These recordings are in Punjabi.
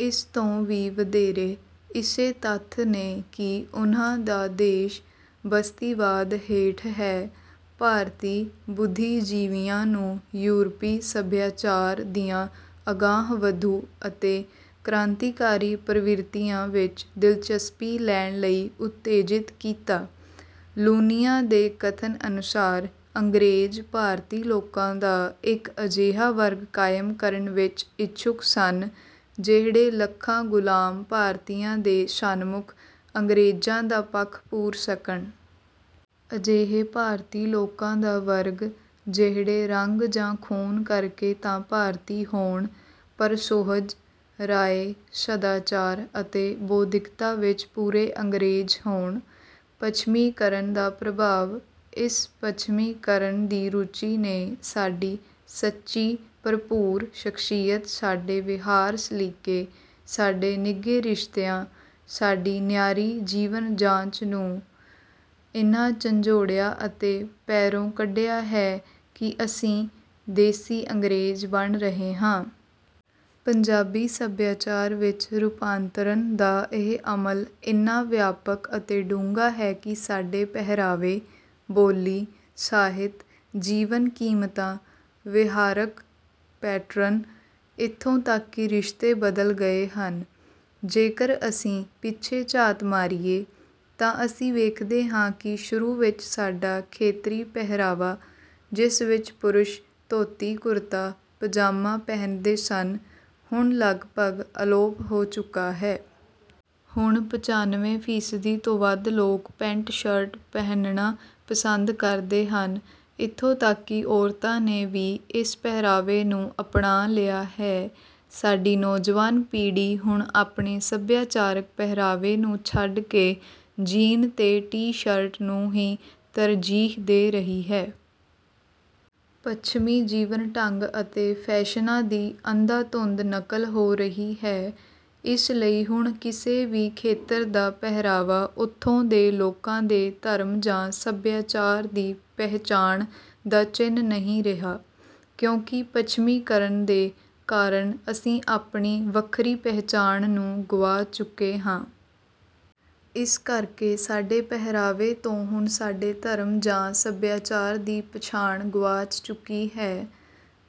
ਇਸ ਤੋਂ ਵੀ ਵਧੇਰੇ, ਇਸੇ ਤੱਥ ਨੇ ਕਿ ਉਨ੍ਹਾਂ ਦਾ ਦੇਸ਼ ਬਸਤੀਵਾਦ ਹੇਠ ਹੈ, ਭਾਰਤੀ ਬੁੱਧੀਜੀਵੀਆਂ ਨੂੰ ਯੂਰਪੀ ਸਭਿਆਚਾਰ ਦੀਆਂ ਅਗਾਂਹ-ਵਧੂ ਅਤੇ ਕ੍ਰਾਂਤੀਕਾਰੀ ਪ੍ਰਵਿਰਤੀਆਂ ਵਿੱਚ ਦਿਲਚਸਪੀ ਲੈਣ ਲਈ ਉਤੇਜਿਤ ਕੀਤਾ। ਲੂਨੀਆਂ ਦੇ ਕਥਨ ਅਨੁਸਾਰ, "ਅੰਗਰੇਜ਼ ਭਾਰਤੀ ਲੋਕਾਂ ਦਾ ਇੱਕ ਅਜਿਹਾ ਵਰਗ ਕਾਇਮ ਕਰਨ ਵਿੱਚ ਇੱਛੁਕ ਸਨ, ਜਿਹੜੇ ਲੱਖਾਂ ਗ਼ੁਲਾਮ ਭਾਰਤੀਆਂ ਦੇ ਸਨਮੁਖ ਅੰਗਰੇਜ਼ਾਂ ਦਾ ਪੱਖ ਪੂਰ ਸਕਣ। ਅਜਿਹੇ ਭਾਰਤੀ ਲੋਕਾਂ ਦਾ ਵਰਗ, ਜਿਹੜੇ ਰੰਗ ਜਾਂ ਖੂਨ ਕਰਕੇ ਤਾਂ ਭਾਰਤੀ ਹੋਣ, ਪਰ ਸੁਹਜ, ਰਾਏ, ਸਦਾਚਾਰ ਅਤੇ ਬੌਧਿਕਤਾ ਵਿੱਚ ਪੂਰੇ ਅੰਗਰੇਜ਼ ਹੋਣ।" ਪੱਛਮੀਕਰਨ ਦਾ ਪ੍ਰਭਾਵ: ਇਸ ਪੱਛਮੀਕਰਨ ਦੀ ਰੁਚੀ ਨੇ ਸਾਡੀ ਸੱਚੀ-ਭਰਪੂਰ ਸ਼ਖ਼ਸੀਅਤ, ਸਾਡੇ ਵਿਹਾਰ-ਸਲੀਕੇ, ਸਾਡੇ ਨਿੱਘੇ ਰਿਸ਼ਤਿਆਂ, ਸਾਡੀ ਨਿਆਰੀ ਜੀਵਨ-ਜਾਚ ਨੂੰ ਇੰਨਾ ਝੰਜੋੜਿਆ ਅਤੇ ਪੈਰੋਂ ਕੱਢਿਆ ਹੈ ਕਿ ਅਸੀਂ 'ਦੇਸੀ ਅੰਗਰੇਜ਼' ਬਣ ਰਹੇ ਹਾਂ। ਪੰਜਾਬੀ ਸਭਿਆਚਾਰ ਵਿੱਚ ਰੂਪਾਂਤਰਨ ਦਾ ਇਹ ਅਮਲ ਇੰਨਾ ਵਿਆਪਕ ਅਤੇ ਡੂੰਘਾ ਹੈ ਕਿ ਸਾਡੇ ਪਹਿਰਾਵੇ, ਬੋਲੀ, ਸਾਹਿਤ, ਜੀਵਨ-ਕੀਮਤਾਂ, ਵਿਹਾਰਕ ਪੈਟਰਨ, ਇੱਥੋਂ ਤੱਕ ਕਿ ਰਿਸ਼ਤੇ ਬਦਲ ਗਏ ਹਨ। ਜੇਕਰ ਅਸੀਂ ਪਿੱਛੇ ਝਾਤ ਮਾਰੀਏ, ਤਾਂ ਅਸੀਂ ਵੇਖਦੇ ਹਾਂ ਕਿ ਸ਼ੁਰੂ ਵਿੱਚ ਸਾਡਾ ਖੇਤਰੀ ਪਹਿਰਾਵਾ, ਜਿਸ ਵਿੱਚ ਪੁਰਸ਼ ਧੋਤੀ-ਕੁਰਤਾ, ਪਜਾਮਾ ਪਹਿਨਦੇ ਸਨ, ਹੁਣ ਲਗਭਗ ਅਲੋਪ ਹੋ ਚੁੱਕਾ ਹੈ। ਹੁਣ ਪੰਚਾਨਵੇਂ ਫੀਸਦੀ ਤੋਂ ਵੱਧ ਲੋਕ ਪੈਂਟ-ਸ਼ਰਟ ਪਹਿਨਣਾ ਪਸੰਦ ਕਰਦੇ ਹਨ। ਇੱਥੋਂ ਤੱਕ ਕਿ ਔਰਤਾਂ ਨੇ ਵੀ ਇਸ ਪਹਿਰਾਵੇ ਨੂੰ ਅਪਣਾ ਲਿਆ ਹੈ। ਸਾਡੀ ਨੌਜਵਾਨ ਪੀੜ੍ਹੀ ਹੁਣ ਆਪਣੇ ਸਭਿਆਚਾਰਕ ਪਹਿਰਾਵੇ ਨੂੰ ਛੱਡ ਕੇ ਜੀਨ ਤੇ ਟੀ-ਸ਼ਰਟ ਨੂੰ ਹੀ ਤਰਜੀਹ ਦੇ ਰਹੀ ਹੈ। ਪੱਛਮੀ ਜੀਵਨ-ਢੰਗ ਅਤੇ ਫ਼ੈਸ਼ਨਾਂ ਦੀ ਅੰਧਾ-ਧੁੰਦ ਨਕਲ ਹੋ ਰਹੀ ਹੈ। ਇਸ ਲਈ ਹੁਣ ਕਿਸੇ ਵੀ ਖੇਤਰ ਦਾ ਪਹਿਰਾਵਾ ਉੱਥੋਂ ਦੇ ਲੋਕਾਂ ਦੇ ਧਰਮ ਜਾਂ ਸਭਿਆਚਾਰ ਦੀ ਪਹਿਚਾਣ ਦਾ ਚਿੰਨ੍ਹ ਨਹੀਂ ਰਿਹਾ, ਕਿਉਂਕਿ ਪੱਛਮੀਕਰਨ ਦੇ ਕਾਰਨ ਅਸੀਂ ਆਪਣੀ ਵੱਖਰੀ ਪਹਿਚਾਣ ਨੂੰ ਗੁਆ ਚੁੱਕੇ ਹਾਂ। ਇਸ ਕਰਕੇ ਸਾਡੇ ਪਹਿਰਾਵੇ ਤੋਂ ਹੁਣ ਸਾਡੇ ਧਰਮ ਜਾਂ ਸੱਭਿਆਚਾਰ ਦੀ ਪਛਾਣ ਗੁਆਚ ਚੁੱਕੀ ਹੈ।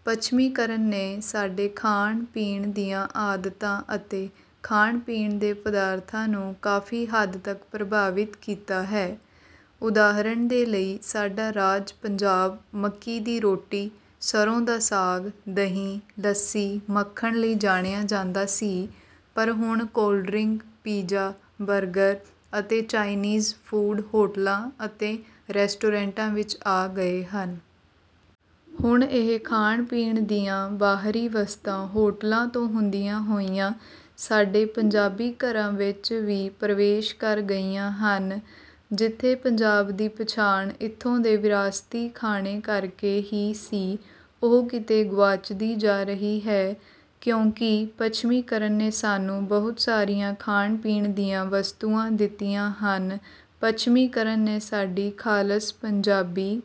ਪੱਛਮੀਕਰਨ ਨੇ ਸਾਡੇ ਖਾਣ-ਪੀਣ ਦੀਆਂ ਆਦਤਾਂ ਅਤੇ ਖਾਣ-ਪੀਣ ਦੇ ਪਦਾਰਥਾਂ ਨੂੰ ਕਾਫ਼ੀ ਹੱਦ ਤੱਕ ਪ੍ਰਭਾਵਿਤ ਕੀਤਾ ਹੈ। ਉਦਾਹਰਣ ਦੇ ਲਈ, ਸਾਡਾ ਰਾਜ ਪੰਜਾਬ ਮੱਕੀ ਦੀ ਰੋਟੀ, ਸਰੋਂ ਦਾ ਸਾਗ, ਦਹੀ, ਲੱਸੀ, ਮੱਖਣ ਲਈ ਜਾਣਿਆ ਜਾਂਦਾ ਸੀ, ਪਰ ਹੁਣ ਕੋਲਡ-ਡਰਿੰਕ, ਪੀਜ਼ਾ, ਬਰਗਰ ਅਤੇ ਚਾਈਨੀਜ਼ ਫੂਡ ਹੋਟਲਾਂ ਅਤੇ ਰੈਸਟੋਰੈਂਟਾਂ ਵਿੱਚ ਆ ਗਏ ਹਨ। ਹੁਣ ਇਹ ਖਾਣ-ਪੀਣ ਦੀਆਂ ਬਾਹਰੀ ਵਸਤਾਂ ਹੋਟਲਾਂ ਤੋਂ ਹੁੰਦੀਆਂ ਹੋਈਆਂ ਸਾਡੇ ਪੰਜਾਬੀ ਘਰਾਂ ਵਿੱਚ ਵੀ ਪ੍ਰਵੇਸ਼ ਕਰ ਗਈਆਂ ਹਨ। ਜਿੱਥੇ ਪੰਜਾਬ ਦੀ ਪਛਾਣ ਇੱਥੋਂ ਦੇ ਵਿਰਾਸਤੀ ਖਾਣੇ ਕਰਕੇ ਹੀ ਸੀ, ਉਹ ਕਿਤੇ ਗੁਆਚਦੀ ਜਾ ਰਹੀ ਹੈ, ਕਿਉਂਕਿ ਪੱਛਮੀਕਰਨ ਨੇ ਸਾਨੂੰ ਬਹੁਤ ਸਾਰੀਆਂ ਖਾਣ-ਪੀਣ ਦੀਆਂ ਵਸਤੂਆਂ ਦਿੱਤੀਆਂ ਹਨ। ਪੱਛਮੀਕਰਨ ਨੇ ਸਾਡੀ ਖਾਲਸ ਪੰਜਾਬੀ